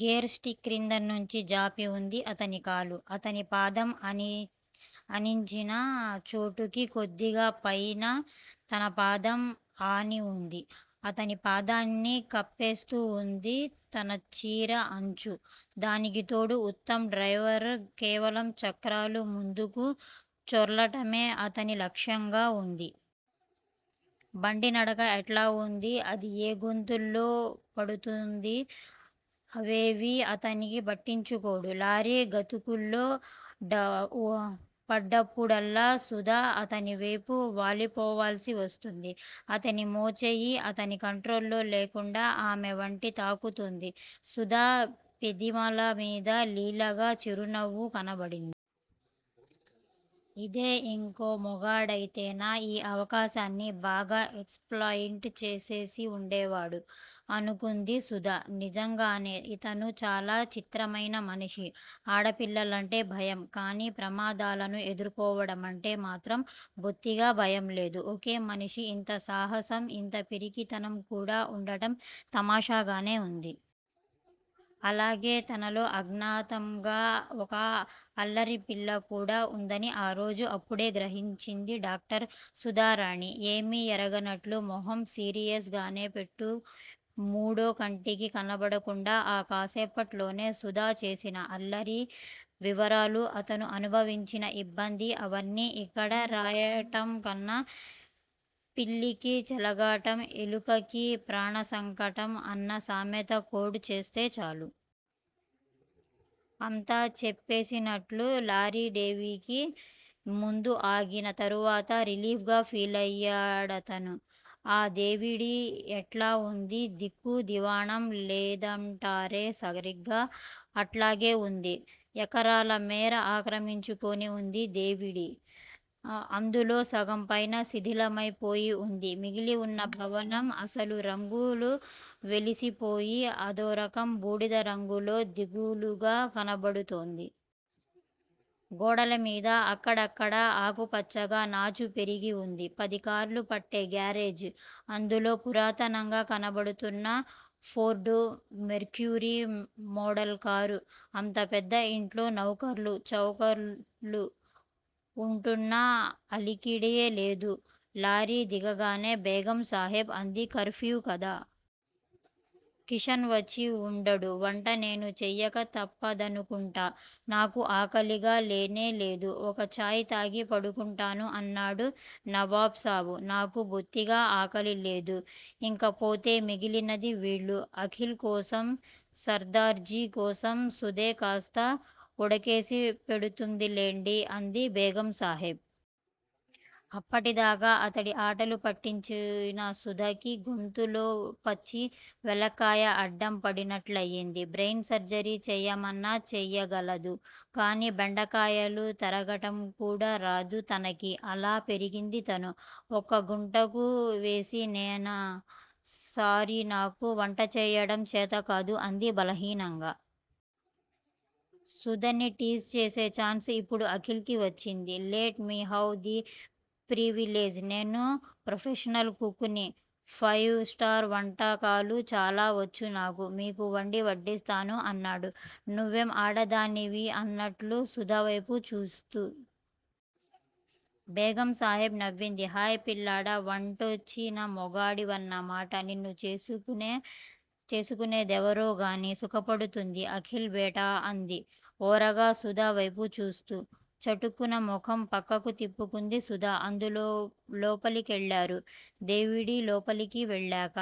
Gear stick క్రిందనుంచి జాపి వుంది అతని కాలు. అతని పాదం ఆనించిన చోటుకి కొద్దిగా పైన తన పాదం ఆని వుంది. అతని పాదాన్ని కప్పేస్తూ వుంది తన చీరె అంచు. దానికితోడు ఉత్తమ్ డ్రైవింగ్! కేవలం చక్రాలు ముందుకు చొర్లటమే అతని లక్ష్యంగా ఉంది. బండీ నడక ఎట్లా ఉందీ, అది ఏ గోతుల్లో పడుతోందీ, అవేవీ అతను పట్టించుకోడు. లారీ గతుకుల్లో పడ్డప్పుడల్లా సుధ అతని వేపు వాలిపోవాల్సి వస్తోంది. అతని మోచెయ్యి అతని కంట్రోల్లో లేకుండా ఆమె వంటిని తాకుతోంది. సుధ పెదిమల మీద లీలగా చిరునవ్వు కనబడింది. 'ఇదే ఇంకో మొగాడయితేనా ఈ అవకాశాన్ని బాగా ఎక్స్ ప్లాయిట్ చేసేసి వుండేవాడు' అనుకుంది సుధ. నిజంగానే ఇతను చాలా చిత్రమైన మనిషి! ఆడపిల్లలంటే భయం. కానీ ప్రమాదాలను ఎదుర్కోవడం అంటే మాత్రం బొత్తిగా భయం లేదు. ఒకే మనిషిలో ఇంత సాహసం, ఇంత పిరికితనం కూడా ఉండటం తమాషాగానే వుంది. అలాగే తనలో అజ్ఞాతంగా ఒక అల్లరిపిల్ల కూడా ఉందని ఆ రోజున అప్పుడే గ్రహించింది డాక్టర్ సుధారాణి. ఏమీ ఎరగనట్లు మొహం సీరియస్ గానే పెట్టి మూడో కంటికి కనబడకుండా, ఆ కాసేపట్లోనే సుధ చేసిన అల్లరి వివరాలు, అతను అనుభవించిన యిబ్బంది, అవన్నీ యిక్కడ రాయటంకన్నా 'పిల్లికి చెలగాటం, ఎలుకకి ప్రాణసంకటం' అన్న సామెత కోడ్ చేస్తే చాలు! అంతా చెప్పేసినట్లే. లారీ దేవిడీ ముందు ఆగిన తరువాత రిలీఫ్ గా ఫీలయ్యాడతను. ఆ దేవిడీ ఎట్లా ఉంది? దిక్కూ దివాణం లేదంటారే సరిగ్గా అట్లాగే ఉంది. ఎకరాల మేర ఆక్రమించుకుని ఉంది దేవిడీ. అందులో సగం పైగా శిథిలమైపోయి వుంది. మిగిలివున్న భవనం అసలు రంగు వెలిసిపోయి, అదోరకం బూడిద రంగులో దిగులుగా కనబడుతోంది. గోడల మీద అక్కడక్కడా ఆకుపచ్చగా నాచు పెరిగి వుంది. పది కార్లు పట్టే గ్యారేజ్! అందులో పురాతనంగా కనబడుతున్న ఫోర్డు మెర్క్యురీ మోడలు కారు! అంత పెద్ద ఇంట్లో నౌఖర్లూ, చాకర్లూ ఉంటున్న అలికిడే లేదు. లారీ దిగగానే బేగం సాహెబా అంది- కర్ఫ్యూ కదా! కిషన్ వచ్చి ఉండడు. వంట నేనే చెయ్యక తప్పదనుకుంటా. నాకు ఆకలిగా లేనే లేదు. ఒక చాయ్ తాగి పడుకుంటాను అన్నాడు నవాబ్ సాబ్. నాకూ బొత్తిగా ఆకలి లేదు. ఇంకపోతే మిగిలింది వీళ్ళు. అఖిల్ కోసం, సర్దార్జీ కోసం సుధే కాస్త ఉడకేసి పెడుతుందిలెండి అంది బేగం సాహెబా. అప్పటిదాకా అతడిని ఆటలు పట్టించిన సుధకి గొంతులో పచ్చి వెలక్కాయ అడ్డం పడినట్లయ్యింది. బ్రెయిన్ సర్జరీ చెయ్యమన్నా చెయ్యగలదు గాని, బెండకాయలు తరగటం కూడా రాదు తనకి! అలా పెరిగింది తను! ఒక్క గుటక వేసి నేనా! సారీ నాకు వంట చెయ్యటం చేతకాదు అంది బలహీనంగా. సుధని టీజ్ చేసే ఛాన్స్ ఇప్పుడు అఖిల్ కి వచ్చింది. Let me have the privilege! నేను ప్రొఫెషనల్ కుక్ ని! ఫైవ్ స్టార్ వంటకాలు చాలా వచ్చు నాకు. మీకు వండి వడ్డిస్తాను అన్నాడు నువ్వేం ఆడదానివి? అన్నట్లు సుధ వేపు చూస్తూ. బేగం సాహెబా నవ్వింది. హాయ్ పిల్లాడా! వంటొచ్చిన మొగాడివన్నమాట! నిన్ను చేసుకునే దెవరోగానీ సుఖపడుతుంది అఖిల్ బేటా అంది ఓరగా సుధ వేపు చూస్తూ. చటుక్కున మొహం ప్రక్కకు తిప్పుకుంది సుధ. అందరూ లోపలికెళ్ళారు. దేవిడీ లోపలికెళ్ళాక